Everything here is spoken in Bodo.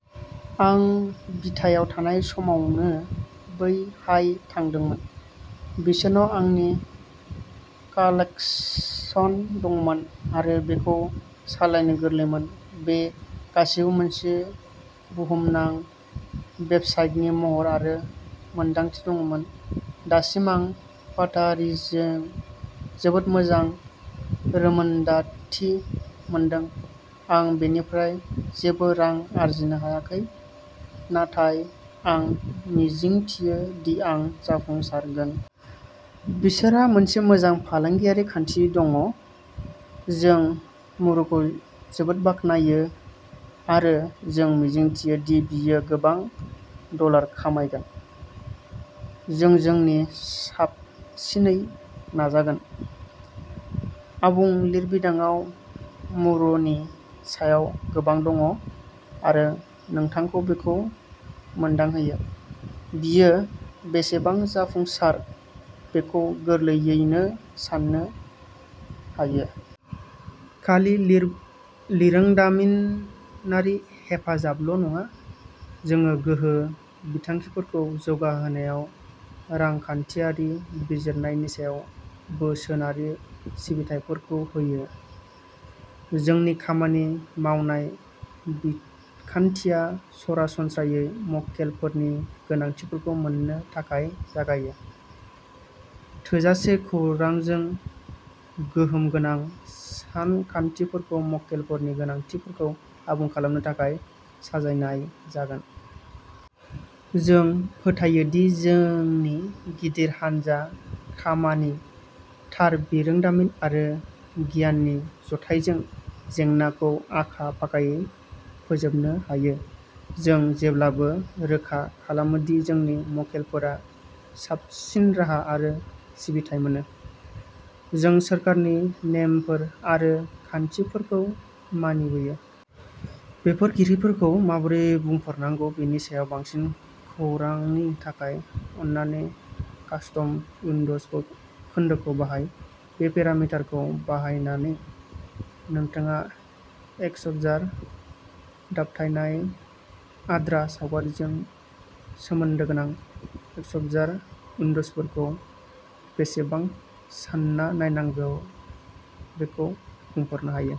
आं बिटायाव थानाय समावनो बैहाय थांदोंमोन। बिसोरनाव आंनि कालेक्सन दंमोन आरो बेखौ सालायनो गोरलैमोन। बे गासैबो मोनसे बुहुमनां वेबसाइटनि महर आरो मोनदांथि होदोंमोन। दासिम आं पातारिजों जोबोद मोजां रोंमोनदांथि मोनदों। आं बेनिफ्राय जेबो रां आर्जिनो हायाखै नाथाय आं मिजिंथियो दि आं जाफुंसारगोन। बिसोरहा मोनसे मोजां फालांगियारि खान्थि दङ। जों मुरुखौ जोबोद बाख्नायो, आरो जों मिजिंथियो दि बियो गोबां डलार खामायगोन। जों जोंनि साबसिनै नाजागोन। आबुं लिरबिदांआव मुरुनि सायाव गोबां दं, आरो नोंथांखौ बेखौ मोनदांहोयो। बियो बेसेबां जाफुंसार बेखौ गोरलैयैनो साननो हायो। खालि बिरोंदामिनारि हेफाजाबल'नङा, जों गोहो बिथांखिफोरखौ जौगाहोनायाव रांखान्थियारि बिजिरनायनि सायाव बोसोनारि सिबिथाइफोरबो होयो। जोंनि खामानि मावनाय बिखान्थिया सरासनस्रायै मक्केलफोरनि गोनांथिफोरखौ मोन्नो थाखाय जागायो। थोजासे खौरांजों, गोहोमगोनां सानथांखिफोरखौ मक्केलफोरनि गोनांथिफोरखौ आबुं खालामनो थाखाय साजायनाय जागोन। जों फोथायो दि जोंनि गिदिर हानजा खामानि, थार बिरोंदामिन आरो गियाननि जथायजों जेंनाखौ आखा-फाखायै फोजोबनो हायो, जों जेब्लाबो रोखा खालामो दि जोंनि मक्केलफोरा साबसिन राहा आरो सिबिथाइ मोनो। जों सोरखारनि नेमफोर आरो खान्थिफोरखौ मानिबोयो।. बेफोर खिरखिफोरखौ माबोरै बुंफोरनांगौ बेनि सायाव बांसिन खौरांनि थाखाय, अन्नानै कास्टम उइन्ड'ज खोन्दोखौ बाहाय। बे पेरामिटारखौ बाहायनानै, नोंथाङा एक्सप'जार दबथायनाय-आद्रा सावगारिजों सोमोन्दो गोनां एक्सप'जार उइन्ड'फोरखौ बेसेबां सान्ना नायनांगौ बेखौ बुंफोरनो हायो।